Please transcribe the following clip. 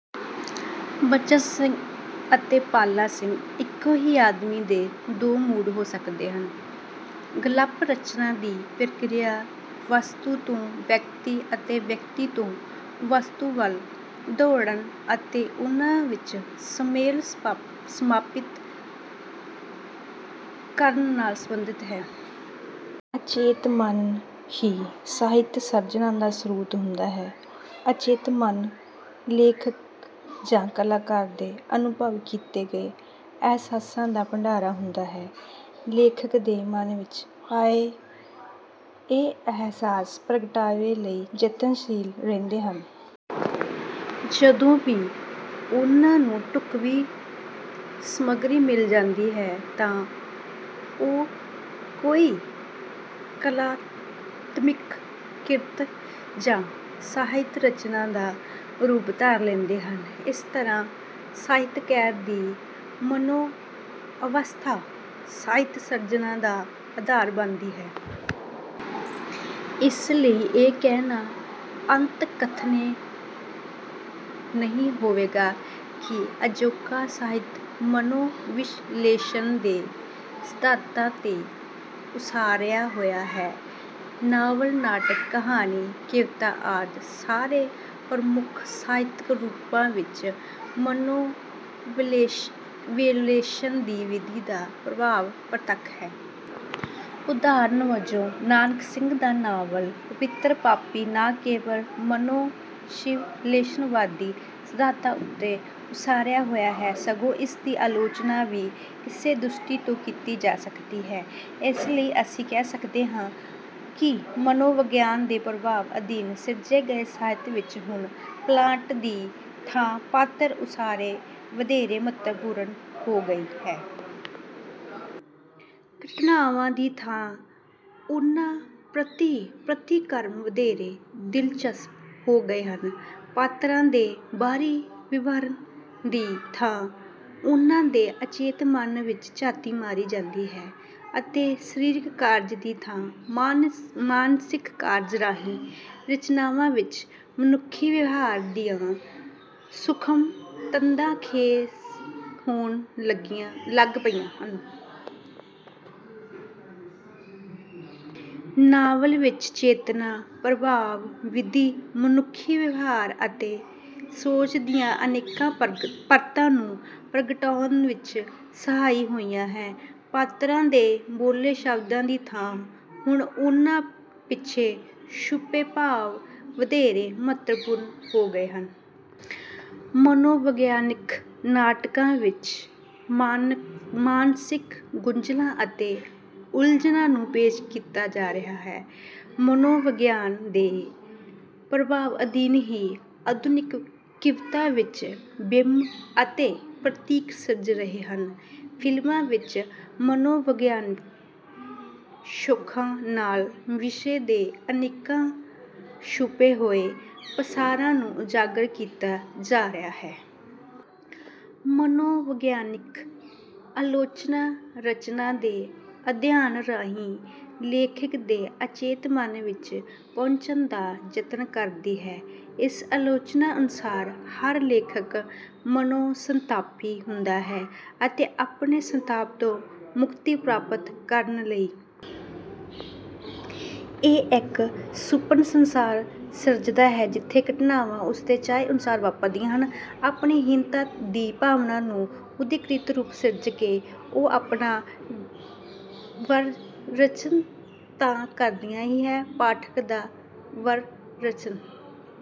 ਬਚਨ ਸਿੰਘ ਅਤੇ ਪਾਲਾ ਸਿੰਘ ਇੱਕੋ ਹੀ ਆਦਮੀ ਦੇ ਦੋ ਮੂਡ ਹੋ ਸਕਦੇ ਹਨ। ਗਲਪ ਰਚਨਾ ਦੀ ਪ੍ਰਕਿਰਿਆ ਵਸਤੂ ਤੋਂ ਵਿਅਕਤੀ ਅਤੇ ਵਿਅਕਤੀ ਤੋਂ ਵਸਤੂ ਵੱਲ ਦੌੜਣ ਅਤੇ ਉਹਨਾਂ ਵਿੱਚ ਸੁਮੇਲ ਸਥਾਪਿਤ ਕਰਨ ਨਾਲ ਸੰਬੰਧਿਤ ਹੈ। ਅਚੇਤ ਮਨ ਹੀ ਸਾਹਿਤ ਸਿਰਜਣਾ ਦਾ ਸਰੋਤ ਹੁੰਦਾ ਹੈ। ਅਚੇਤ ਮਨ ਲੇਖਕ ਜਾਂ ਕਲਾਕਾਰ ਦੇ ਅਨੁਭਵ ਕੀਤੇ ਅਹਿਸਾਸਾਂ ਦਾ ਭੰਡਾਰਾ ਹੁੰਦਾ ਹੈ। ਲੇਖਕ ਦੇ ਮਨ ਵਿੱਚ ਆਏ ਇਹ ਅਹਿਸਾਸ ਪ੍ਰਗਟਾਵੇ ਲਈ ਯਤਨਸ਼ੀਲ ਰਹਿੰਦੇ ਹਨ। ਜਦੋਂ ਵੀ ਉਹਨਾਂ ਨੂੰ ਢੁੱਕਵੀਂ ਸਮੱਗਰੀ ਮਿਲ ਜਾਂਦੀ ਹੈ ਤਾਂ ਉਹ ਕੋਈ ਕਲਾਤਮਿਕ ਕਿਰਤ ਜਾਂ ਸਾਹਿਤ ਰਚਨਾ ਦਾ ਰੂਪ ਧਾਰ ਲੈਂਦੇ ਹਨ। ਇਸ ਤਰ੍ਹਾਂ ਸਾਹਿਤਕਾਰ ਦੀ ਮਨੋਅਵਸਥਾ ਸਾਹਿਤ ਸਿਰਜਣਾ ਦਾ ਆਧਾਰ ਬਣਦੀ ਹੈ। ਇਸ ਲਈ ਇਹ ਕਹਿਣਾ ਅਤਿਕਥਨੀ ਨਹੀਂ ਹੋਵੇਗਾ ਕਿ ਅਜੋਕਾ ਸਾਹਿਤ ਮਨੋਵਿਸ਼ਲੇਸ਼ਣ ਦੇ ਸਿਧਾਤਾਂ ਤੇ ਉਸਾਰਿਆ ਹੋਇਆ ਹੈ। ਨਾਵਲ ਨਾਟਕ ਕਹਾਣੀ ਕਵਿਤਾ ਆਦਿ ਸਾਰੇ ਪ੍ਰਮੁੱਖ ਸਾਹਿਤਕ ਰੂਪਾਂ ਵਿੱਚ ਮਨੋਵਿਲੇਸ਼ਣ ਵਿਧੀ ਦਾ ਪ੍ਰਭਾਵ ਪ੍ਰਤੱਖ ਹੈ। ਉਦਾਹਰਨ ਵਜੋਂ ਨਾਨਕ ਸਿੰਘ ਦਾ ਨਾਵਲ ਪਵਿੱਤਰ ਪਾਪੀ ਨਾ ਕੇਵਲ ਮਨੋਵਿਸ਼ਲੇਸ਼ਣਵਾਦੀ ਸਿਧਾਤਾਂ ਉੱਤੇ ਉਸਾਰਿਆ ਹੋਇਆ ਹੈ ਸਗੋਂ ਇਸਦੀ ਸਹੀ ਆਲੋਚਨਾ ਵੀ ਇਸੇ ਦ੍ਰਿਸ਼ਟੀ ਤੋਂ ਹੀ ਕੀਤੀ ਜਾ ਸਕਦੀ ਹੈ। ਇਸ ਲਈ ਅਸੀ ਕਹਿ ਸਕਦੇ ਹਾਂ ਕਿ ਮਨੋਵਿਗਿਆਨ ਦੇ ਪ੍ਰਭਾਵ ਅਧੀਨ ਸਿਰਜੇ ਗਏ ਸਾਹਿਤ ਵਿੱਚ ਹੁਣ ਪਲਾਟ ਦੀ ਥਾਂ ਪਾਤਰ ਉਸਾਰੀ ਵਧੇਰੇ ਮਹੱਤਵਪੂਰਨ ਹੋ ਗਈ ਹੈ। ਘਟਨਾਵਾਂ ਦੀ ਥਾਂ ਉਹਨਾਂ ਪ੍ਰਤਿ ਪ੍ਰਤਿਕਰਮ ਵਧੇਰੇ ਦਿਲਚਸਪ ਹੋ ਗਏ ਹਨ। ਪਾਤਰਾਂ ਦੇ ਬਾਹਰੀ ਵਿਵਰਣ ਦੀ ਥਾਂ ਉਹਨਾਂ ਦੇ ਅਚੇਤ ਮਨ ਵਿੱਚ ਝਾਤੀ ਮਾਰੀ ਜਾਂਦੀ ਹੈ ਅਤੇ ਸਰੀਰਕ ਕਾਰਜ ਦੀ ਥਾਂ ਮਾਨਸਿਕ ਕਾਰਜ ਰਾਹੀਂ ਰਚਨਾਵਾਂ ਵਿੱਚ ਮਨੁੱਖੀ ਵਿਵਹਾਰ ਦੀਆਂ ਸੂਖਮ ਤੰਦਾਂ ਖੇਸ਼ ਹੋਣ ਲੱਗ ਪਈਆਂ ਹਨ। ਨਾਵਲ ਵਿੱਚ ਚੇਤਨਾ ਪ੍ਰਭਾਵ ਵਿਧੀ ਮਨੁੱਖੀ ਵਿਵਹਾਰ ਅਤੇ ਸੋਚ ਦੀਆਂ ਅਨੇਕ ਪਰਤਾਂ ਨੂੰ ਪ੍ਰਗਟਾਉਣ ਵਿੱਚ ਸਹਾਈ ਹੋਈ ਹੈ। ਪਾਤਰਾਂ ਦੇ ਬੋਲੇ ਸ਼ਬਦਾਂ ਦੀ ਥਾਂ ਹੁਣ ਉਹਨਾਂ ਪਿੱਛੇ ਛੁਪੇ ਭਾਵ ਵਧੇਰੇ ਮਹੱਤਵਪੂਰਨ ਹੋ ਗਏ ਹਨ। ਮਨੋਵਿਗਿਆਨਕ ਨਾਟਕਾਂ ਵਿੱਚ ਮਾਨਸਿਕ ਗੁੰਝਲਾਂ ਅਤੇ ਉਲਝਣਾਂ ਨੂੰ ਪੇਸ਼ ਕੀਤਾ ਜਾ ਰਿਹਾ ਹੈ। ਮਨੋਵਿਗਿਆਨ ਦੇ ਪ੍ਰਭਾਵ ਅਧੀਨ ਹੀ ਆਧੁਨਿਕ ਕਵਿਤਾ ਵਿੱਚ ਬਿੰਬ ਅਤੇ ਪ੍ਰਤੀਕ ਸਿਰਜੇ ਜਾ ਰਹੇ ਹਨ। ਫਿਲਮਾਂ ਵਿੱਚ ਮਨੋਵਿਗਿਆਨਕ ਛੋਖਾਂ ਨਾਲ ਵਿਸ਼ੇ ਦੇ ਅਨੇਕਾਂ ਛੁਪੇ ਹੋਏ ਪਾਸਾਰਾਂ ਨੂੰ ਉਜਾਗਰ ਕੀਤਾ ਜਾ ਰਿਹਾ ਹੈ। ਮਨੋਵਿਗਿਆਨਕ ਆਲੋਚਨਾ ਰਚਨਾ ਦੇ ਅਧਿਐਨ ਰਾਹੀਂ ਲੇਖਕ ਦੇ ਅਚੇਤ ਮਨ ਵਿੱਚ ਪਹੁੰਚਣ ਦਾ ਯਤਨ ਕਰਦੀ ਹੈ। ਇਸ ਆਲੋਚਨਾ ਅਨੁਸਾਰ ਹਰ ਲੇਖਕ ਮਨੋ ਸੰਤਾਪੀ ਹੁੰਦਾ ਹੈ ਅਤੇ ਆਪਣੇ ਸੰਤਾਪ ਤੋਂ ਮੁਕਤੀ ਪ੍ਰਾਪਤ ਕਰਨ ਲਈ ਉਹ ਇੱਕ ਸੁਪਨ ਸੰਸਾਰ ਸਿਰਜਦਾ ਹੈ ਜਿੱਥੇ ਘਟਨਾਵਾਂ ਉਸਦੇ ਚਾਹੇ ਅਨੁਸਾਰ ਵਾਪਰਦੀਆਂ ਹਨ ਅਤੇ ਆਪਣੀ ਹੀਣਤਾ ਦੀ ਭਾਵਨਾਵਾਂ ਦਾ ਉੱਦਾਤੀਕ੍ਰਿਤ ਰੂਪ ਸਿਰਜ ਕੇ ਉਹ ਆਪਣਾ ਵਿਰੇਚਨ ਤਾਂ ਕਰਦਾ ਹੀ ਹੈ ਪਾਠਕ ਦਾ ਵਿਰੇਚਨ